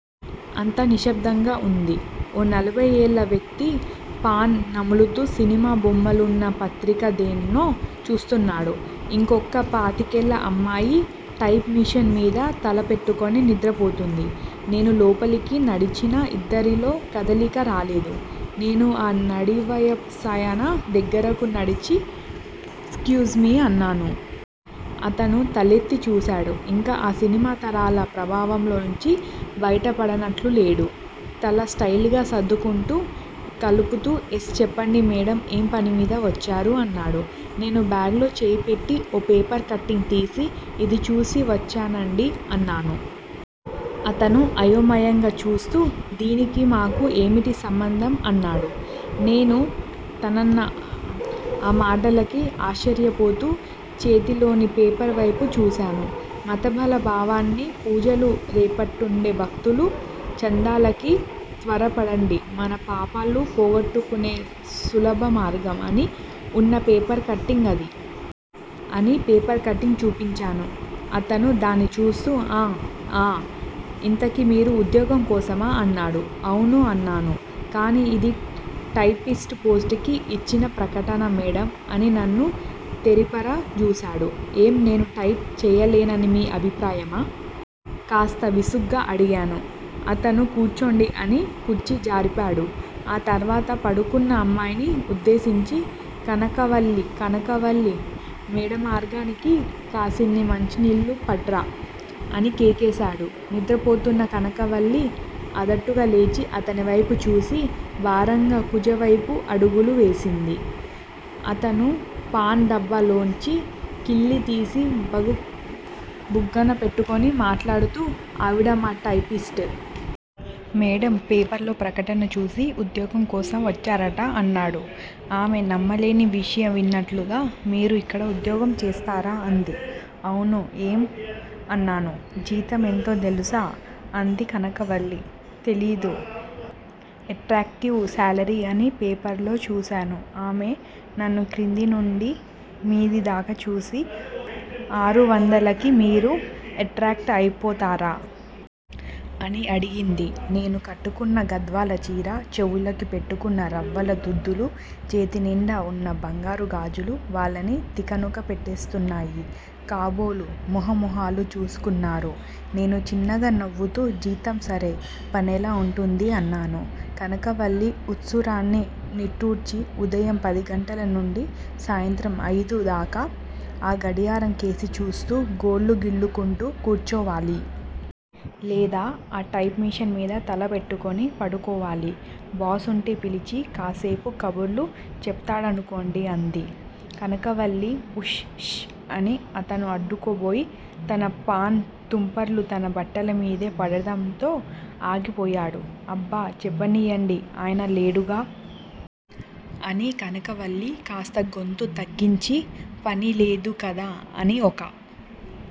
అంతా నిశ్శబ్దంగా వుంది. ఓ నలభై ఏళ్ళ వ్యక్తి పాన్ నములుతూ సినిమా బొమ్మలున్న పత్రిక దేన్నో చూస్తున్నాడు. ఇంకొక పాతికేళ్ళ అమ్మాయి టైప్ మిషన్ మీద తల పెట్టుకుని నిద్రపోతోంది. నేను లోపలికి నడిచినా ఇద్దరిలో కదలిక రాలేదు. నేను ఆ నడివయసాయన దగ్గరకు నడిచి- ఎక్యూజ్ మీ అన్నాను. అతను తలెత్తి చూశాడు. ఇంకా ఆ సినిమా తారల ప్రభావంలోంచి బయటపడినట్లు లేడు! తల స్టయిల్ గా సర్దుకుంటూ, కాలూపుతూ- ఎస్ చెప్పండి మేడమ్! ఏం పనిమీద వచ్చారూ? అన్నాడు. నేను బ్యాగ్ లో చెయ్యి పెట్టి ఓ పేపర్ కట్టింగ్ తీసి- ఇది చూసి వచ్చానండీ అన్నాను. అతను అయోమయంగా చూస్తూ- దీనికి మాకూ ఏవిటి సంబంధం? అన్నాడు. నేను తనన్న ఆ మాటలకి ఆశ్చర్యపోతూ చేతిలోని పేపర్ వైపు చూశాను. 'మాత బాల భవానీ పూజలు రేపట్నుండే, భక్తులు చందాలకి త్వరపడండి మన పాపాలు పోగొట్టుకునే సులభ మార్గం! ' అని వున్న పేపర్ కట్టింగ్ అది! అని పేపర్ కట్టింగ్ చూపించాను. అతను దాన్ని చూస్తూ- ఆఁ ఆఁ! ఇంతకీ మీరు ఉద్యోగం కోసమా? అన్నాడు. ఔను అన్నాను. కానీ ఇది టై పిస్ట్ పోస్ట్ కి ఇచ్చిన ప్రకటన మేడమ్ అని నన్ను తేరిపార జూశాడు. ఏం, నేను టైప్ చెయ్యలేననిమీ అభిప్రాయమా? కాస్త విసుగ్గా అడిగాను. అతను కూర్చోండి అని కుర్చీ జరిపాడు ఆ తర్వాత పడుకున్న అమ్మాయిని ఉద్దేశించి- కనక వల్లీ కనకవల్లీ మేడమ్గారికి కాసిని మంచినీళ్ళు పట్రా! అని కేకేశాడు. నిద్రపోతున్న కనకవల్లీ అదాటుగా లేచి, అతనివైపు చూసి, భారంగా కూజావైపు అడుగులు వేసింది. అతను పాన్ దాన్ లోంచి కిళ్లీ తీసి బుగ్గన పెట్టుకుని మాట్లాడ్తూ- ఆవిడ మా టై పిస్ట్! మేడమ్ పేపర్లో ప్రకటన చూసి ఉద్యోగం కోసం వచ్చారట అన్నాడు. ఆమె నమ్మలేని విషయం వింటున్నట్లుగా- మీరు ఇక్కడ ఉద్యోగం చేస్తారా? అంది. ఔనూ ఏం? అన్నాను. జీతం ఎంతో తెలుసా? అంది కనకవల్లి. తెలీదు ఎట్రాక్టివ్ శాలరీ అని పేపర్లో చూశాను ఆమె నన్ను క్రింద నుండి మీది దాకా చూసి, ఆరువందలకి మీరు ఎట్రాక్ట్ అయిపోతారా? అని అడిగింది. నేను కట్టుకున్న గద్వాలచీరా, చెవులకి పెట్టుకున్న రవ్వల దుద్దులూ, చేతినిండా వున్న బంగారు గాజులూ వాళ్ళని తికనుక పెట్టెస్తున్నాయి కాబోలు! మొహ మొహాలు చూసుకున్నారు. నేను చిన్నగా నవ్వుతూ- జీతం సరే! పనెలా వుంటుంది? అన్నాను. కనకవల్లి ఉస్సూరని నిట్టూర్చి- ఉదయం పదిగంటల నుండి సాయంత్రం ఐదు దాకా ఆ గడియారం కేసి చూస్తూ గోళ్ళు గిల్లుకుంటూ కూర్చోవాలి! లేదా ఆ టైప్ మిషన్ మీద తల పెట్టుకుని పడుకోవాలి! బాస్ వుంటే పిలిచి కాసేపు కబుర్లు చెప్తాడనుకొండీ అంది. కనకవల్లీ ఉష్ ష్ అని అతను అడ్డుకో బోయి, తన పాన్ తుంపర్లు తన బట్టలమీదే పడటంతో ఆగిపోయాడు. అబ్బా చెప్పనీయండీ ఆయన లేడుగా అని కనకవల్లి కాస్త గొంతు తగ్గించి-' పని లేదు కదా అని ఒక